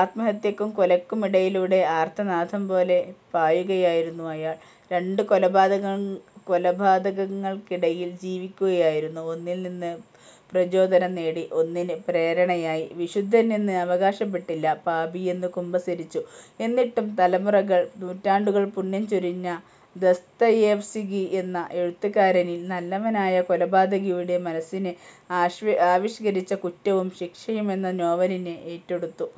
ആത്മഹത്യയ്ക്കും കൊലയ്ക്കുമിടയിലൂടെ ആർത്തനാദം പോലെ പായുകയല്ലായിരുന്നു അയാൾ. രണ്ടു കൊലപാതകങ്ങളും കൊലപാതകങ്ങൾക്കിടയിൽ ജീവിക്കുകയായിരുന്നു. ഒന്നിൽ നിന്ന് പ്രചോദനം നേടി. ഒന്നിന് പ്രേരണയായി. വിശുദ്ധൻ എന്ന് അവകാശപ്പെട്ടില്ല. പാപി എന്ന് കുമ്പസാരിച്ചു. എന്നിട്ടും തലമുറകൾ നൂറ്റാണ്ടുകൾ പുണ്യം ചൊരിഞ്ഞു ദസ്തയേവ്സ്കി എന്ന എഴുത്തുകാരനിൽ. നല്ലവനായ കൊലപാതകിയുടെ മനസ്സിനെ ആവിഷ്കരിച്ച കുറ്റവും ശിക്ഷയും എന്ന നോവലിനെയും ഏറ്റെടുത്തു.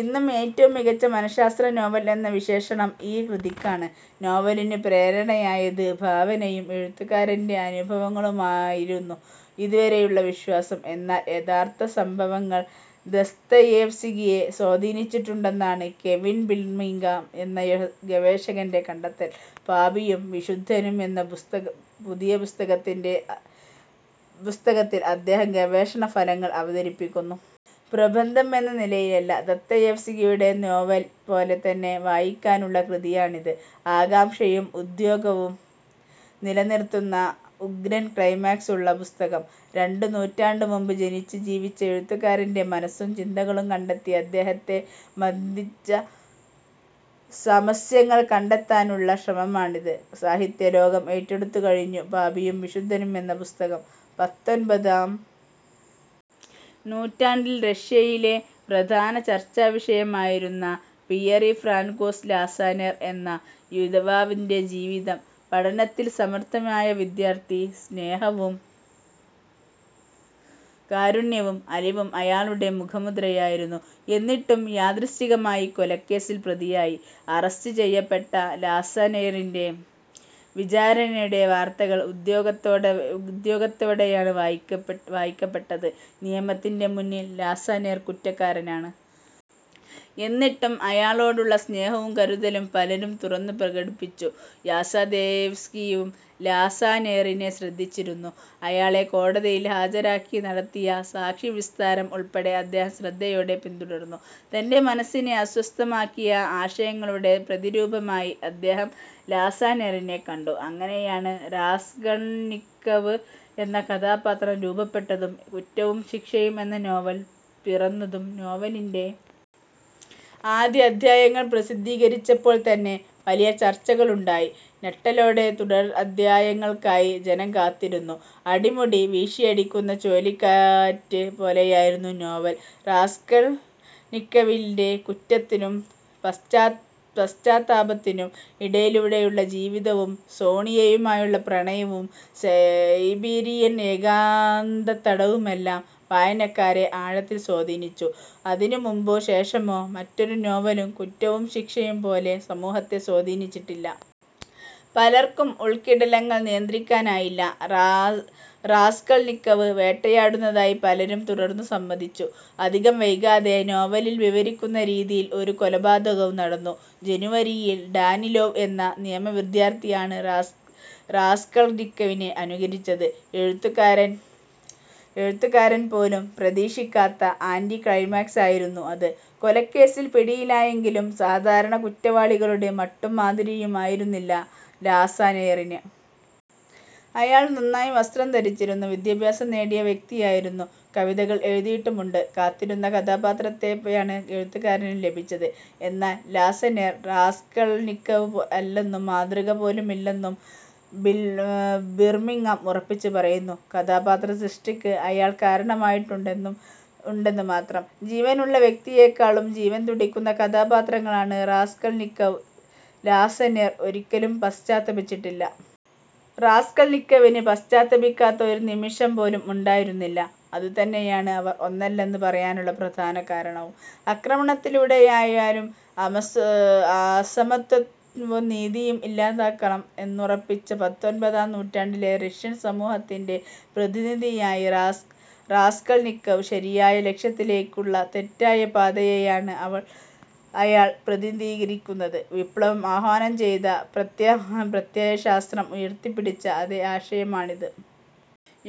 ഇന്നും ഏറ്റവും മികച്ച മനഃശാസ്ത്ര നോവൽ എന്ന വിശേഷണം ഈ കൃതിക്കാണ്. നോവലിനു പ്രേരണയായത് ഭാവനയും എഴുത്തുകാരന്റെ അനുഭവങ്ങളുമാണെന്നായിരുന്നു ഇതുവരെയുള്ള വിശ്വാസം. എന്നാൽ യഥാർഥ സംഭവങ്ങൾ ദസ്തയേവ്സ്കിയെ സ്വാധീനിച്ചിട്ടുണ്ടെന്നാണ് കെവിൻ ബിൽമിങ്ങാം എന്ന ഗവേഷകന്റെ കണ്ടെത്തൽ. പാപിയും വിശുദ്ധനും എന്ന പുതിയ പുസ്തകത്തിന്റെ പുസ്തകത്തിൽ അദ്ദേഹം ഗവേഷണ ഫലങ്ങൾ അവതരിപ്പിക്കുന്നു. പ്രബന്ധം എന്ന നിലയിലല്ല. ദസ്തയേവ്സ്കിയുടെ നോവൽ പോലെ തന്നെ വായിക്കാവുന്ന കൃതിയാണിത്. ആകാംക്ഷയും ഉദ്വേഗവും നിലനിർത്തുന്ന ഉഗ്രൻ ക്ലൈമാക്സ് ഉള്ള പുസ്തകം. രണ്ടു നൂറ്റാണ്ട് മുമ്പ് ജനിച്ചു ജീവിച്ച എഴുത്തുകാരന്റെ മനസ്സും ചിന്തകളും കണ്ടെത്തി അദ്ദേഹത്തെ മഥിച്ച സമസ്യകൾ കണ്ടെത്താനുള്ള ശ്രമമാണിത്. സാഹിത്യലോകം ഏറ്റെടുത്തുകഴിഞ്ഞു പാപിയും വിശുദ്ധനും എന്ന പുസ്തകം. പത്തൊൻപതാം നൂറ്റാണ്ടിൽ റഷ്യയിലെ പ്രധാന ചർച്ചാവിഷയമായിരുന്നു പിയറി ഫ്രാൻകോസ് ലാസനൈർ എന്ന യുവാവിന്റെ ജീവിതം. പഠനത്തിൽ സമർഥനായ വിദ്യാർഥി. സ്നേഹവും കാരുണ്യവും അലിവും അയാളുടെ മുഖമുദ്രയായിരുന്നു. എന്നിട്ടും യാദൃച്ഛികമായി കൊലക്കേസിൽ പ്രതിയായി. അറസ്റ്റ് ചെയ്യപ്പെട്ട ലാസനൈറിന്റെ വിചാരണയുടെ വാർത്തകൾ ഉദ്വേഗത്തോടെയാണ് വായിക്കപ്പെട്ടത്. നിയമത്തിന്റെ മുന്നിൽ ലാസനൈർ കുറ്റക്കാരനാണ്. എന്നിട്ടും അയാളോടുള്ള സ്നേഹവും കരുതലും പലരും തുറന്നുപ്രകടിപ്പിച്ചു. ദസ്തയേവ്സ്കിയും ലാസനൈറിനെ ശ്രദ്ധിച്ചിരുന്നു. അയാളെ കോടതിയിൽ ഹാജരാക്കി നടത്തിയ സാക്ഷിവിസ്താരം ഉൾപ്പെടെ അദ്ദേഹം ശ്രദ്ധയോടെ പിന്തുടർന്നു. തന്റെ മനസ്സിനെ അസ്വസ്ഥമാക്കിയ ആശയങ്ങളുടെ പ്രതിരൂപമായി അദ്ദേഹം ലാസനൈറിനെ കണ്ടു. അങ്ങനെയാണ് റാസ്കൻനിക്കവ് എന്ന കഥാപാത്രം രൂപപ്പെട്ടതും കുറ്റവും ശിക്ഷയും എന്ന നോവൽ പിറന്നതും. നോവലിന്റെ ആദ്യ അധ്യായങ്ങൾ പ്രസിദ്ധീകരിച്ചപ്പോൾ തന്നെ വലിയ ചർച്ചകളുണ്ടായി. ഞെട്ടലോടെ തുടർ അധ്യായങ്ങൾക്കായി ജനം കാത്തിരുന്നു. അടിമുടി വീശിയടിക്കുന്ന ചുഴലിക്കാറ്റ് പോലെയായിരുന്നു നോവൽ. റാസ്കൾനിക്കവിന്റെ കുറ്റത്തിനും പശ്ചാത്താപത്തിനും ഇടയിലൂടെയുള്ള ജീവിതവും സോണിയയുമായുള്ള പ്രണയവും സൈബീരിയൻ ഏകാന്തത്തടവുമെല്ലാം വായനക്കാരെ ആഴത്തിൽ സ്വാധീനിച്ചു. അതിനു മുമ്പോ ശേഷമോ മറ്റൊരു നോവലും കുറ്റവും ശിക്ഷയും പോലെ സമൂഹത്തെ സ്വാധീനിച്ചിട്ടില്ല. പലർക്കും ഉൾക്കിടിലങ്ങൾ നിയന്ത്രിക്കാനായില്ല. റാറാസ്കൾനിക്കവ് വേട്ടയാടുന്നതായി പലരും തുറന്നുസമ്മതിച്ചു. അധികം വൈകാതെ നോവലിൽ വിവരിക്കുന്ന രീതിയിൽ ഒരു കൊലപാതകവും നടന്നു. ജനുവരിയിൽ ഡാനിലോവ് എന്ന നിയമ വിദ്യാർഥിയാണ് റാസ്കൾനിക്കവിനെ അനുകരിച്ചത്. എഴുത്തുകാരൻ പോലും പ്രതീക്ഷിക്കാത്ത ആന്റി ക്ലൈമാക്സായിരുന്നു അത്. കൊലക്കേസിൽ പിടിയിലായെങ്കിലും സാധാരണ കുറ്റവാളികളുടെ മട്ടും മാതിരിയും ആയിരുന്നില്ല ലാസനൈറിന്. അയാൾ നന്നായി വസ്ത്രം ധരിച്ചിരുന്നു. വിദ്യാഭ്യാസം നേടിയ വ്യക്തിയായിരുന്നു. കവിതകൾ എഴുതിയിട്ടുമുണ്ട്. കാത്തിരുന്ന കഥാപാത്രപോലെയാണ് എഴുത്തുകാരന് ലഭിച്ചത്. എന്നാൽ ലാസനൈർ റാസ്കൾനിക്കവ് അല്ലെന്നും മാതൃക പോലുമല്ലെന്നും ബിർമിങ്ങാം ഉറപ്പിച്ചു പറയുന്നു. കഥാപാത്ര സൃഷ്ടിക്ക് അയാൾ കാരണമായിട്ടുണ്ടെന്നു മാത്രം. ജീവനുള്ള വ്യക്തിയേക്കാളും ജീവൻ തുടിക്കുന്ന കഥാപാത്രമാണ് റാസ്കൾനിക്കവ്. ലാസനൈർ ഒരിക്കലും പശ്ചാത്തപിച്ചില്ല. റാസ്കൾനിക്കവിന് പശ്ചാത്തപിക്കാത്ത ഒരു നിമിഷം പോലും ഉണ്ടായിരുന്നില്ല. അതുതന്നെയാണ് അവർ ഒന്നല്ലെന്ന് പറയാനുള്ള പ്രധാന കാരണവും. അക്രമത്തിലൂടെയായാലും അസമത്വവും അനീതിയും ഇല്ലാതാക്കണം എന്നുറപ്പിച്ച പത്തൊൻപതാം നൂറ്റാണ്ടിലെ റഷ്യൻ സമൂഹത്തിന്റെ പ്രതിനിധിയാണ് റാസ്കൾനിക്കവ്. ശരിയായ ലക്ഷ്യത്തിലേക്കുള്ള തെറ്റായ പാതയെയാണ് അയാൾ പ്രതിനിധീകരിക്കുന്നത്. വിപ്ലവം ആഹ്വാനം ചെയ്ത പ്രത്യയശാസ്ത്രം ഉയർത്തിപ്പിടിച്ച അതേ ആശയമാണിത്.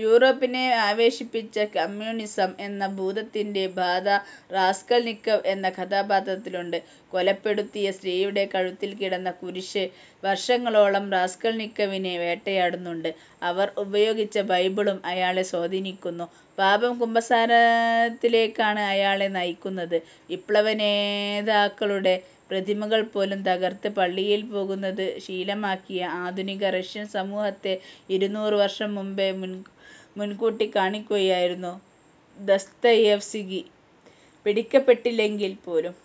യൂറോപ്പിനെ ആവേശിച്ച കമ്മ്യൂണിസം എന്ന ഭൂതത്തിന്റെ ബാധ റാസ്കൾനിക്കവ് എന്ന കഥാപാത്രത്തിലുണ്ട്. കൊലപ്പെടുത്തിയ സ്ത്രീയുടെ കഴുത്തിൽ കിടന്ന കുരിശ് വർഷങ്ങളോളം റാസ്കൾനിക്കവിനെ വേട്ടയാടുന്നുണ്ട്. അവർ ഉപയോഗിച്ച ബൈബിളും അയാളെ സ്വാധീനിക്കുന്നു. പാപം കുമ്പസാരത്തിലേക്കാണ് അയാളെ നയിക്കുന്നത്. വിപ്ലവനേതാക്കളുടെ പ്രതിമകൾ പോലും തകർത്ത് പള്ളിയിൽ പോകുന്നത് ശീലമാക്കിയ ആധുനിക റഷ്യൻ സമൂഹത്തെ ഇരുനൂറ് വർഷം മുമ്പേ മുൻകൂട്ടി കാണുകയായിരുന്നു ദസ്തയേവ്സ്കി. പിടിക്കപ്പെട്ടില്ലെങ്കിൽപ്പോലും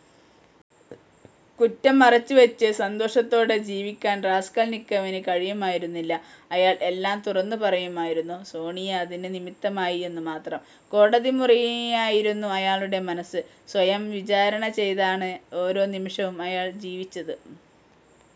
കുറ്റം മറച്ചുവച്ച് സന്തോഷത്തോടെ ജീവിക്കാൻ റാസ്കൾനിക്കവിന് കഴിയുമായിരുന്നില്ല. അയാൾ എല്ലാം തുറന്നുപറയുമായിരുന്നു. സോണിയ അതിന് നിമിത്തമായി എന്നു മാത്രം. കോടതിമുറിയായിരുന്നു അയാളുടെ മനസ്സ്. സ്വയം വിചാരണ ചെയ്താണ് ഓരോ നിമിഷവും അയാൾ ജീവിച്ചത്.